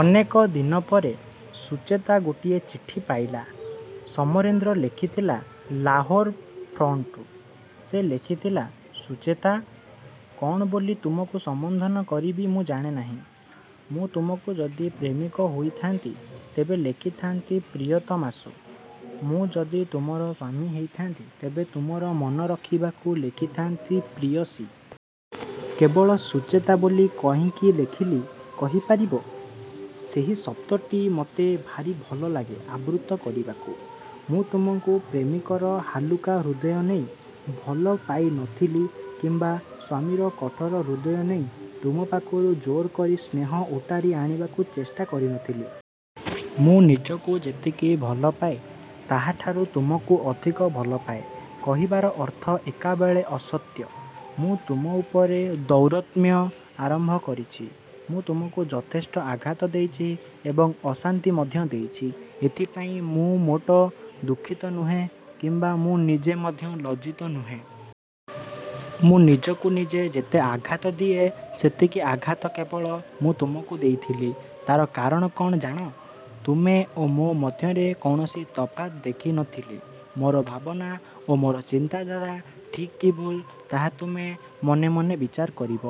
ଅନେକ ଦିନପରେ ସୁଚେତା ଗୋଟିଏ ଚିଠି ପାଇଲା। ସମରେନ୍ଦ୍ର ଲେଖିଥିଲେ ଲାହୋର ଫ୍ରଣ୍ଟରୁ। ସେ ଲେଖିଥିଲେ- ସୁଚେତା! କ'ଣ ବୋଲି ତୁମକୁ ସମ୍ୱୋଧନ କରିବି ମୁଁ ଜାଣେନାହିଁ। ମୁଁ ତୁମର ଯଦି ପ୍ରେମିକ ହୋଇଥାନ୍ତି ତେବେ ଲେଖିଥାନ୍ତି 'ପ୍ରିୟତମାଷୁ'! ମୁଁ ଯଦି ତୁମର ସ୍ୱାମୀ ହୋଇଥାନ୍ତି, ତେବେ ତୁମର ମନ ରକ୍ଷାକରିବାକୁ ଲେଖିଥାନ୍ତି 'ପ୍ରେୟସୀ'। କେବଳ 'ସୁଚେତା' ବୋଲି କାହିଁକି ଲେଖିଲି କହିପାରିବ? ସେହି ଶବ୍ଦଟି ମୋତେ ଭାରି ଭଲଲାଗେ ଆବୃତ୍ତି କରିବାକୁ। ମୁଁ ତୁମକୁ ପ୍ରେମିକର ହାଲୁକା ହୃଦୟ ନେଇ ଭଲ ପାଇନଥିଲି କିମ୍ୱା ସ୍ୱାମୀର କଠୋର ହୃଦୟ ନେଇ ତୁମ ପାଖରୁ ଜୋରକରି ସ୍ନେହ ଓଟାରି ଆଣିବାକୁ ଚେଷ୍ଟା କରିନଥିଲି। ମୁଁ ନିଜକୁ ଯେତିକି ଭଲପାଏ, ତାହାଠାରୁ ତୁମକୁ ଅଧିକ ଭଲପାଏ କହିବାର ଅର୍ଥ ଏକାବେଳେ ଅସତ୍ୟ। ମୁଁ ତୁମ ଉପରେ ଦୌରାତ୍ମ୍ୟ ଆରମ୍ଭ କରିଛି। ମୁଁ ତୁମକୁ ଯଥେଷ୍ଟ ଆଘାତ ଦେଇଛି ଏବଂ ଅଶାନ୍ତି ମଧ୍ୟ ଦେଇଛି। ସେଥିପାଇଁ ମୁଁ ମୋଟେ ଦୁଃଖିତ ନୁହେଁ କିମ୍ୱା ମୁଁ ନିଜେ ମଧ୍ୟ ଲଜ୍ଜିତ ନୁହେଁ। ମୁଁ ନିଜକୁ ନିଜେ ଯେତେ ଆଘାତ ଦିଏ ସେତିକି ଆଘାତ କେବଳ ମୁଁ ତୁମକୁ ଦେଇଥିଲି। ତା'ର କାରଣ କ'ଣ ଜାଣ? ତୁମ ଓ ମୋ ମଧ୍ୟରେ କୌଣସି ତଫାତ୍ ଦେଖି ନ ଥିଲି। ମୋର ଭାବନା ଓ ମୋର ଚିନ୍ତାଧାରା ଠିକ୍ କି ଭୁଲ ତାହା ତୁମେ ମନେମନେ ବିଚାର କରିବ।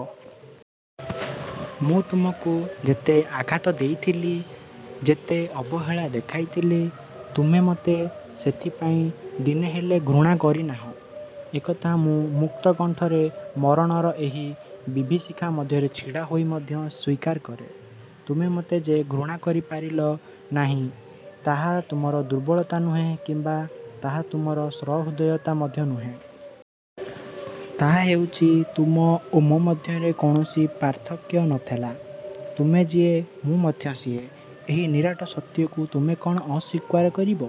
ମୁଁ ତୁମକୁ ଯେତେ ଆଘାତ ଦେଇଥିଲି, ଯେତେ ଅବହେଳା ଦେଖାଇଥିଲି, ତୁମେ ମୋତେ ସେଥିପାଇଁ ଦିନେହେଲେ ଘୃଣା କରିନାହଁ। ଏକଥା ମୁଁ ମୁକ୍ତକଣ୍ଠରେ ମରଣର ଏହି ବିଭୀଷିକା ମଧ୍ୟରେ ଛିଡ଼ାହୋଇ ମଧ୍ୟ ସ୍ୱୀକାର କରେ। ତୁମେ ମୋତେ ଯେ ଘୃଣା କରିପାରିଲ ନାହିଁ, ତାହା ତୁମର ଦୁର୍ବଳତା ନୁହେଁ କିମ୍ୱା ତାହା ତୁମର ସହୃଦୟତା ମଧ୍ୟ ନୁହେଁ। ତାହା ହେଉଛି ତୁମ ଓ ମୋ ମଧ୍ୟରେ କୌଣସି ପାର୍ଥକ୍ୟ ନ ଥିଲା। ତୁମେ ଯିଏ ମୁଁ ମଧ୍ୟ ସିଏ। ଏହି ନିରାଟ ସତ୍ୟକୁ ତୁମେ କ'ଣ ଅସ୍ୱୀକାର କରିବ?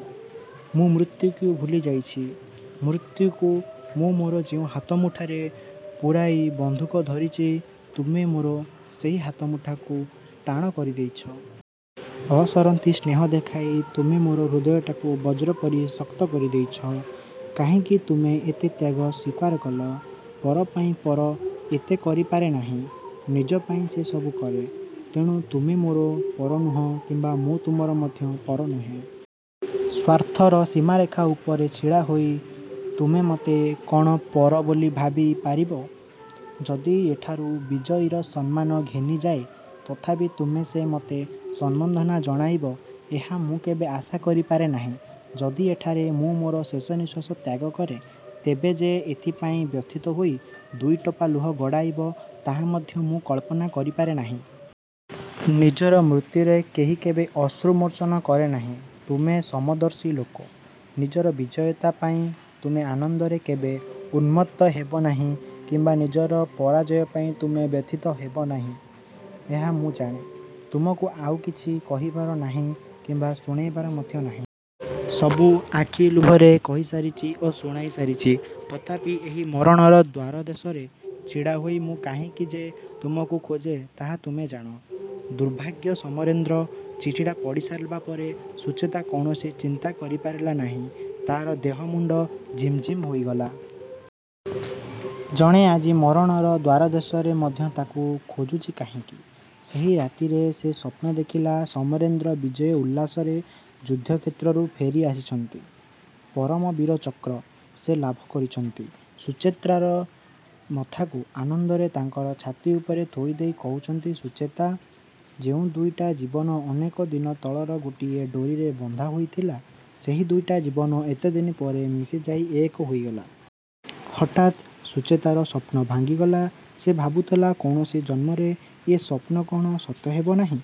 ମୁଁ ମୃତ୍ୟୁକୁ ଭୁଲିଯାଇଛି। ମୃତ୍ୟୁକୁ ମୁଁ ମୋର ଯେଉଁ ହାତମୁଠାରେ ପୂରାଇ ବନ୍ଧୁକ ଧରିଛି, ତୁମେ ମୋର ସେହି ହାତମୁଠାକୁ ଟାଣ କରିଦେଇଛ। ଅସରନ୍ତି ସ୍ନେହ ଦେଖାଇ ତୁମେ ମୋର ହୃଦୟଟାକୁ ବଜ୍ର ପରି ଶକ୍ତ କରିଦେଇଛ। କାହିଁକି ତୁମେ ଏତେ ତ୍ୟାଗ ସ୍ୱୀକାର କଲ? ପର ପାଇଁ ପର ଏତେ କରିପାରେ ନାହିଁ। ନିଜ ପାଇଁ ସେ ସବୁ କରେ। ତେଣୁ ତୁମେ ମୋର ପର ନୁହଁ କିମ୍ୱା ମୁଁ ତୁମର ମଧ୍ୟ ପର ନୁହେଁ। ସ୍ୱାର୍ଥର ସୀମାରେଖା ଉପରେ ଛିଡ଼ାହୋଇ ତୁମେ ମୋତେ କ'ଣ ପର ବୋଲି ଭାବି। ପାରିବ? ଯଦି ଏଠାରୁ ବିଜୟୀର ସମ୍ମାନ ଘେନି ଫେରିଯାଏ ତଥାପି ତୁମେ ଯେ ମୋତେ ସମ୍ୱର୍ଦ୍ଧନା ଜଣାଇବ ଏହା ମୁଁ କେବେ ଆଶା କରିପାରେ ନାହିଁ। ଯଦି ଏଠାରେ ମୁଁ ମୋର ଶେଷନିଶ୍ୱାସ ତ୍ୟାଗକରେ ତୁମେ ଯେ ସେଥିପାଇଁ ବ୍ୟଥିତ ହୋଇ ଦୁଇଟୋପା ଲୁହ ଗଡ଼ାଇବ ତାହା ମଧ୍ୟ ମୁଁ କଳ୍ପନା କରିପାରେ ନାହିଁ। ନିଜର ମୃତ୍ୟୁରେ କେହି କେବେ ଅଶ୍ରୁମୋଚନ କରେ ନାହିଁ। ତୁମେ ସମଦର୍ଶୀ ଲୋକ। ନିଜର ବିଜୟତା ପାଇଁ ତୁମେ ଆନନ୍ଦରେ କେବେ ଉନ୍ମତ୍ତ ହେବନାହିଁ କିମ୍ବା ନିଜର ପରାଜୟ ପାଇଁ ତୁମେ ବ୍ୟଥିତ ମଧ୍ୟ ହେବ ନାହିଁ। ଏହା ମୁଁ ଜାଣେ। ତୁମକୁ ଆଉ କିଛି କହିବାର ନାହିଁ କିମ୍ୱା ଶୁଣାଇବାର ମଧ୍ୟ ନାହିଁ। ସବୁ ଆଖିର ଲୁହରେ କହିସାରିଛି ଓ ଶୁଣାଇ ସାରିଛି। ତଥାପି ଏହି ମରଣର ଦ୍ୱାରଦେଶରେ ଛିଡ଼ାହୋଇ ମୁଁ କାହିଁକି ଯେ ତୁମକୁ ଖୋଜେ ତାହା ତୁମେ ଜାଣ। ଦୁର୍ଭାଗା ସମରେନ୍ଦ୍ର। ଚିଠିଟା ପଢ଼ି ସାରିଲା ପରେ ସୁଚେତା କୌଣସି ଚିନ୍ତା କରିପାରିଲା ନାହିଁ। ତାହାର ଦେହ ମୁଣ୍ଡ ଝିମ୍ଝିମ୍ ହୋଇଗଲା। ଜଣେ ଆଜି ମରଣର ଦ୍ୱାରଦେଶରେ ମଧ୍ୟ ତାକୁ ଖୋଜୁଛି କାହିଁକି? ସେହି ରାତିରେ ସେ ସ୍ୱପ୍ନ ଦେଖିଲା, ''ସମରେନ୍ଦ୍ର ବିଜୟ ଉଲ୍ଲାସରେ ଯୁଦ୍ଧକ୍ଷେତ୍ରରୁ ଫେରିଆସିଛନ୍ତି। 'ପରମବୀର ଚକ୍ର' ସେ ଲାଭ କରିଛନ୍ତି। ସୁଚେତାର ମଥାକୁ ଆନନ୍ଦରେ ତାଙ୍କର ଛାତି ଉପରେ ଥୋଇଦେଇ କହୁଛନ୍ତି 'ସୁଚେତା'! ଯେଉଁ ଦୁଇଟି ଜୀବନ ଅନେକ ଦିନ ତଳରେ ଗୋଟିଏ ଡୋରିରେ ବନ୍ଧା ହୋଇଥିଲା, ସେହି ଦୁଇଟି ଜୀବନ ଏତେଦିନ ପରେ ମିଶିଯାଇ ଏକ ହୋଇଗଲା। '' ହଠାତ୍ ସୁଚେତାର ସ୍ୱପ୍ନ ଭାଙ୍ଗିଗଲା। ସେ ଭାବୁଥିଲା କୌଣସି ଜନ୍ମରେ ଏ ସ୍ୱପ୍ନ କ'ଣ ସତ୍ୟ ହେବ ନାହିଁ?